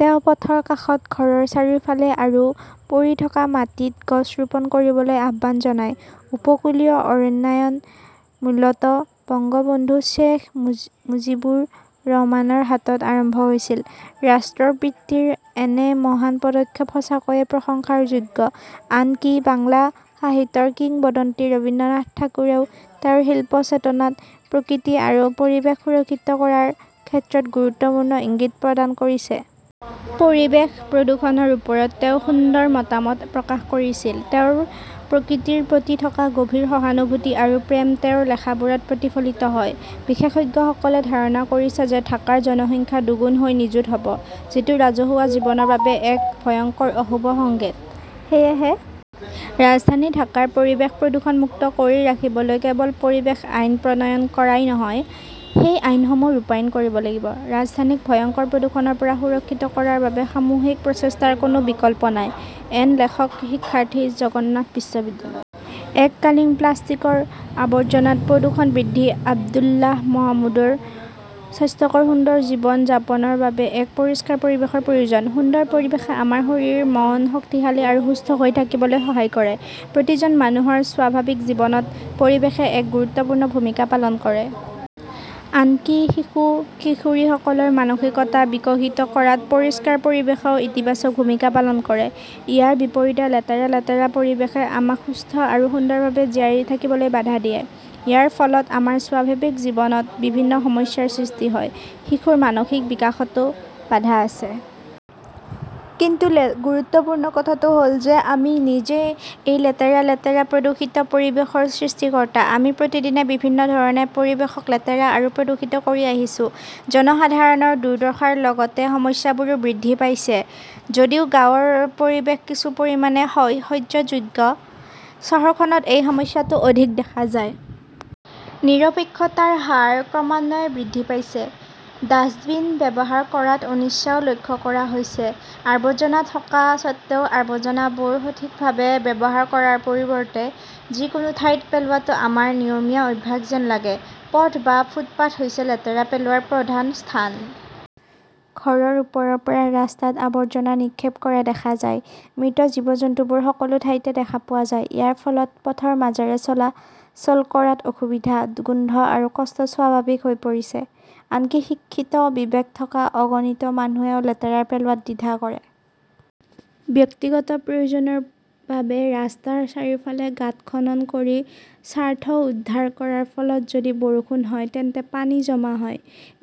তেওঁ পথৰ কাষত, ঘৰৰ চাৰিওফালে আৰু পৰি থকা মাটিত গছ ৰোপণ কৰিবলৈ আহ্বান জনায়। উপকূলীয় অৰণ্যায়ন মূলত বংগবন্ধু শ্বেইখ মু মুজিবুৰ ৰহমানৰ হাতত আৰম্ভ হৈছিল। ৰাষ্ট্ৰৰ পিতৃৰ এনে মহান পদক্ষেপ সঁচাকৈয়ে প্ৰশংসাৰ যোগ্য। আনকি বাংলা সাহিত্যৰ কিংবদন্তি ৰবীন্দ্ৰনাথ ঠাকুৰেও তেওঁৰ শিল্প চেতনাত প্ৰকৃতি আৰু পৰিৱেশ সুৰক্ষিত কৰাৰ ক্ষেত্ৰত গুৰুত্বপূৰ্ণ ইংগিত প্ৰদান কৰিছে। পৰিৱেশ প্ৰদূষণৰ ওপৰত তেওঁ সুন্দৰ মতামত প্ৰকাশ কৰিছিল। তেওঁৰ প্ৰকৃতিৰ প্ৰতি থকা গভীৰ সহানুভূতি আৰু প্ৰেম তেওঁৰ লেখাবোৰত প্ৰতিফলিত হয়। বিশেষজ্ঞসকলে ধাৰণা কৰিছে যে, ঢাকাৰ জনসংখ্যা দুগুণ হৈ নিযুত হ 'ব যিটো ৰাজহুৱা জীৱনৰ বাবে এক ভয়ংকৰ অশুভ সংকেত। সেয়েহে ৰাজধানী ঢাকাৰ পৰিৱেশ প্ৰদূষণমুক্ত কৰি ৰাখিবলৈ কেৱল পৰিৱেশ আইন প্ৰণয়ন কৰাই নহয়, সেই আইনসমূহ ৰূপায়ণ কৰিব লাগিব। ৰাজধানীক ভয়ংকৰ প্ৰদূষণৰ পৰা সুৰক্ষিত কৰাৰ বাবে সামূহিক প্ৰচেষ্টাৰ কোনো বিকল্প নাই। এন লেখক শিক্ষাৰ্থী জগন্নাথ বিশ্ববিদ্যালয়। এককালীন প্লাষ্টিকৰ আৱৰ্জনাত প্ৰদূষণ বৃদ্ধি আব্দুল্লাহ মাহমুদৰ স্বাস্থ্যকৰ সুন্দৰ জীৱন যাপনৰ বাবে এক পৰিষ্কাৰ পৰিৱেশৰ প্ৰয়োজন। সুন্দৰ পৰিৱেশে আমাৰ শৰীৰ-মন শক্তিশালী আৰু সুস্থ হৈ থাকিবলৈ সহায় কৰে। প্ৰতিজন মানুহৰ স্বাভাৱিক জীৱনত পৰিৱেশে এক গুৰুত্বপূৰ্ণ ভূমিকা পালন কৰে। আনকি শিশু-কিশোৰীসকলৰ মানসিকতা বিকশিত কৰাত পৰিষ্কাৰ পৰিৱেশেও ইতিবাচক ভূমিকা পালন কৰে। ইয়াৰ বিপৰীতে, লেতেৰা-লেতেৰা পৰিৱেশে আমাক সুস্থ আৰু সুন্দৰভাৱে জীয়াই থাকিবলৈ বাধা দিয়ে। ইয়াৰ ফলত আমাৰ স্বাভাৱিক জীৱনত বিভিন্ন সমস্যাৰ সৃষ্টি হয়। শিশুৰ মানসিক বিকাশতো বাধা আছে। কিন্তু গুৰুত্বপূৰ্ণ কথাটো হ 'ল যে আমি নিজেই এই লেতেৰা-লেতেৰা প্ৰদূষিত পৰিৱেশৰ সৃষ্টিকৰ্তা। আমি প্ৰতিদিনে বিভিন্ন ধৰণে পৰিৱেশক লেতেৰা আৰু প্ৰদূষিত কৰি আহিছো। জনসাধাৰণৰ দুৰ্দশাৰ লগতে সমস্যাবোৰো বৃদ্ধি পাইছে। যদিও গাঁৱৰ পৰিৱেশ কিছু পৰিমাণে সহ্যযোগ্য, চহৰখনত এই সমস্যাটো অধিক দেখা যায়। নিৰপেক্ষতাৰ হাৰ ক্ৰমান্বয়ে বৃদ্ধি পাইছে। ডাস্টবিন ব্যৱহাৰ কৰাত অনিচ্ছাও লক্ষ্য কৰা হৈছে। আৱৰ্জনা থকা স্বত্বেও, আৱৰ্জনাবোৰ সঠিকভাৱে ব্যৱহাৰ কৰাৰ পৰিৱৰ্তে যিকোনো ঠাইত পেলোৱাটো আমাৰ নিয়মীয়া অভ্যাস যেন লাগে। পথ বা ফুটপাত হৈছে লেতেৰা পেলোৱাৰ প্ৰধান স্থান। ঘৰৰ ওপৰৰ পৰা ৰাস্তাত আৱৰ্জনা নিক্ষেপ কৰা দেখা যায়। মৃত জীৱ-জন্তুবোৰ সকলো ঠাইতে দেখা পোৱা যায়। ইয়াৰ ফলত পথৰ মাজেৰে চলাচল কৰাত অসুবিধা, গোন্ধ আৰু কষ্ট স্বাভাৱিক হৈ পৰিছে। আনকি শিক্ষিত বিবেক থকা অগণিত মানুহেও লেতেৰা পেলোৱাত দ্বিধা নকৰে। ব্যক্তিগত প্ৰয়োজনৰ বাবে ৰাস্তাৰ চাৰিওফালে গাঁত খনন কৰি স্বাৰ্থ উদ্ধাৰ কৰাৰ ফলত যদি বৰষুণ হয় তেন্তে পানী জমা হয়।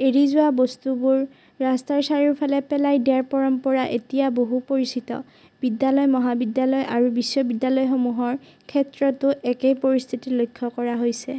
এৰি যোৱা বস্তুবোৰ ৰাস্তাৰ চাৰিওফালে পেলাই দিয়াৰ পৰম্পৰা এতিয়া বহু পৰিচিত। বিদ্যালয়, মহাবিদ্যালয় আৰু বিশ্ববিদ্যালয়সমূহৰ ক্ষেত্ৰতো একেই পৰিস্থিতি লক্ষ্য কৰা হৈছে।